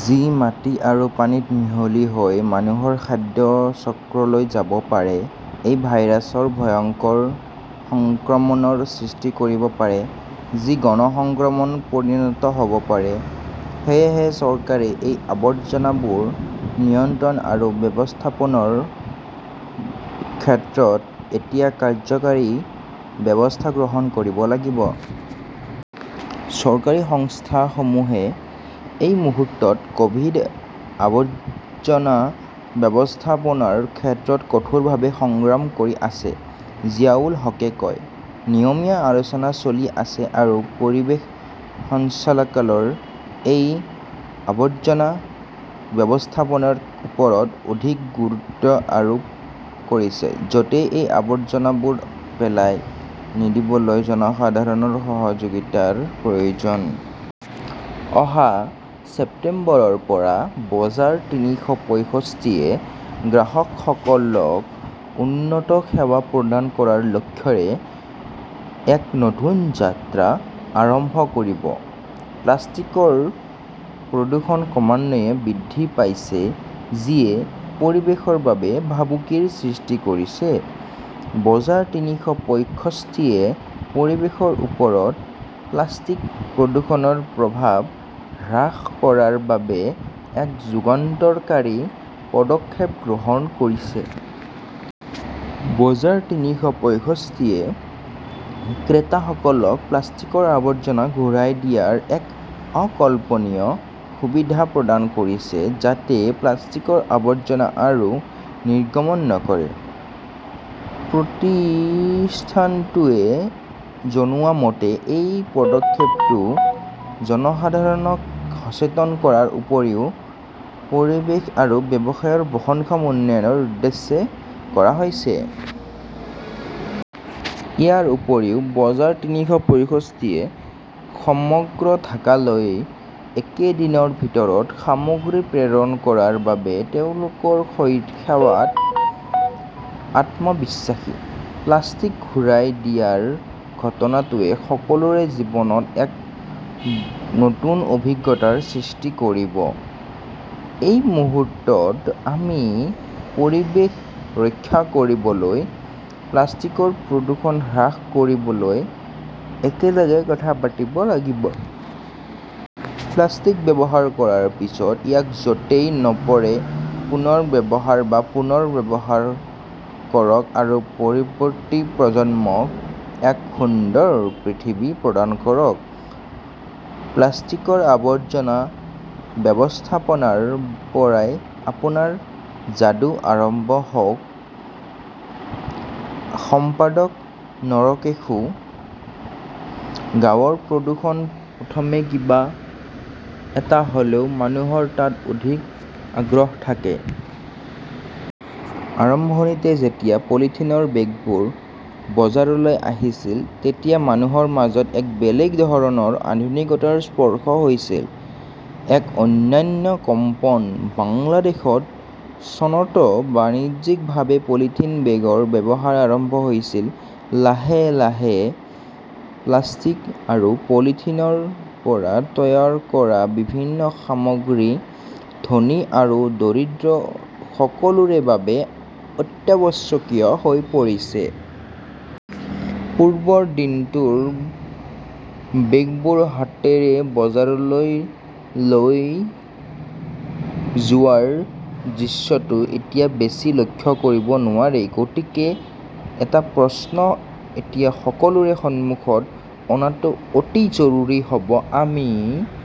যি মাটি আৰু পানীত মিহলি হৈ মানুহৰ খাদ্য চক্ৰলৈ যাব পাৰে। এই ভাইৰাছৰ ভয়ংকৰ সংক্ৰমণৰ সৃষ্টি কৰিব পাৰে, যি গণ সংক্ৰমণত পৰিণত হ 'ব পাৰে। সেয়েহে চৰকাৰে এই আৱৰ্জনাবোৰ নিয়ন্ত্ৰণ আৰু ব্যৱস্থাপনৰ ক্ষেত্ৰত এতিয়া কাৰ্যকৰী ব্যৱস্থা গ্ৰহণ কৰিব লাগিব। চৰকাৰী সংস্থাসমূহে এই মুহূৰ্তত ক’ভিড- আৱৰ্জনা ব্যৱস্থাপনাৰ ক্ষেত্ৰত কঠোৰভাৱে সংগ্ৰাম কৰি আছে, জিয়াউল হাকে কয়। নিয়মীয়া আলোচনা চলি আছে আৰু পৰিৱেশ সঞ্চালকালয়ই এই আৱৰ্জনা ব্যৱস্থাপনাৰ ওপৰত অধিক গুৰুত্ব আৰোপ কৰিছে। য 'তেই এই আৱৰ্জনাবোৰ পেলাই নিদিবলৈ জনসাধাৰণৰ সহযোগিতাৰ প্ৰয়োজন। অহা ছেপ্টেম্বৰৰ পৰা বজাৰ তিনিশ পয়ষষ্ঠি-এ গ্ৰাহকসকলক উন্নত সেৱা প্ৰদান কৰাৰ লক্ষ্যৰে এক নতুন যাত্ৰা আৰম্ভ কৰিব। প্লাষ্টিকৰ প্ৰদূষণ ক্ৰমান্বয়ে বৃদ্ধি পাইছে, যিয়ে পৰিৱেশৰ বাবে ভাবুকিৰ সৃষ্টি কৰিছে। বজাৰ তিনিশ পয়ষষ্ঠি-এ পৰিৱেশৰ ওপৰত প্লাষ্টিক প্ৰদূষণৰ প্ৰভাৱ হ্ৰাস কৰাৰ বাবে এক যুগান্তকাৰী পদক্ষেপ গ্ৰহণ কৰিছে। বজাৰ তিনিশ পয়ষষ্ঠি-এ ক্ৰেতাসকলক প্লাষ্টিকৰ আৱৰ্জনা ঘূৰাই দিয়াৰ এক অকল্পনীয় সুবিধা প্ৰদান কৰিছে যাতে প্লাষ্টিকৰ আৱৰ্জনা আৰু নিৰ্গমন নকৰে। প্ৰতিষ্ঠানটোৱে জনোৱা মতে, এই পদক্ষেপটো জনসাধাৰণক সচেতন কৰাৰ উপৰিও পৰিৱেশ আৰু ব্যৱসায়ৰ বহনক্ষম উন্নয়নৰ উদ্দেশ্যে কৰা হৈছে। ইয়াৰ উপৰিও, বজাৰতিনিশ পয়ষষ্ঠি-এ সমগ্ৰ ঢাকালৈ একে দিনৰ ভিতৰত সামগ্ৰী প্ৰেৰণ কৰাৰ বাবে তেওঁলোকৰ সেৱাত আত্মবিশ্বাসী। প্লাষ্টিক ঘূৰাই দিয়াৰ ঘটনাটোৱে সকলোৰে জীৱনত এক নতুন অভিজ্ঞতাৰ সৃষ্টি কৰিব। এই মুহূৰ্তত আমি পৰিৱেশ ৰক্ষা কৰিবলৈ প্লাষ্টিকৰ প্ৰদূষণ হ্ৰাস কৰিবলৈ একেলগে কথা পাতিব লাগিব। প্লাষ্টিক ব্যৱহাৰ কৰাৰ পিছত ইয়াক য 'তেই নপৰে পুনৰ ব্যৱহাৰ বা পুনৰ্ব্যৱহাৰ কৰক আৰু পৰৱৰ্তী প্ৰজন্মক এক সুন্দৰ পৃথিৱী প্ৰদান কৰক। প্লাষ্টিকৰ আৱৰ্জনা ব্যৱস্থাপনাৰ পৰাই আপোনাৰ যাদু আৰম্ভ হওঁক! সম্পাদক নৰকেশুঃ গাঁৱৰ প্ৰদূষণ প্ৰথমে কিবা এটা হ’লে মানুহৰ তাত অধিক আগ্ৰহ থাকে। আৰম্ভণিতে যেতিয়া পলিথিনৰ বেগবোৰ বজাৰলৈ আহিছিল, তেতিয়া মানুহৰ মাজত এক বেলেগ ধৰণৰ আধুনিকতাৰ স্পৰ্শ হৈছিল, এক অনন্য কম্পন। বাংলাদেশত চনত বাণিজ্যিকভাৱে পলিথিন বেগৰ ব্যৱহাৰ আৰম্ভ হৈছিল। লাহে লাহে প্লাষ্টিক আৰু পলিথিনৰ পৰা তৈয়াৰ কৰা বিভিন্ন সামগ্ৰী ধনী আৰু দৰিদ্ৰ সকলোৰে বাবে অত্যাৱশ্যকীয় হৈ পৰিছে। পূৰ্বৰ দিনটোৰ বেগবোৰ হাতেৰে বজাৰলৈ লৈ যোৱাৰ দৃশ্যটো এতিয়া বেছি লক্ষ্য কৰিব নোৱাৰি। গতিকে এটা প্ৰশ্ন এতিয়া সকলোৰে সন্মুখত অনাটো অতি জৰুৰী হ’ব-আমি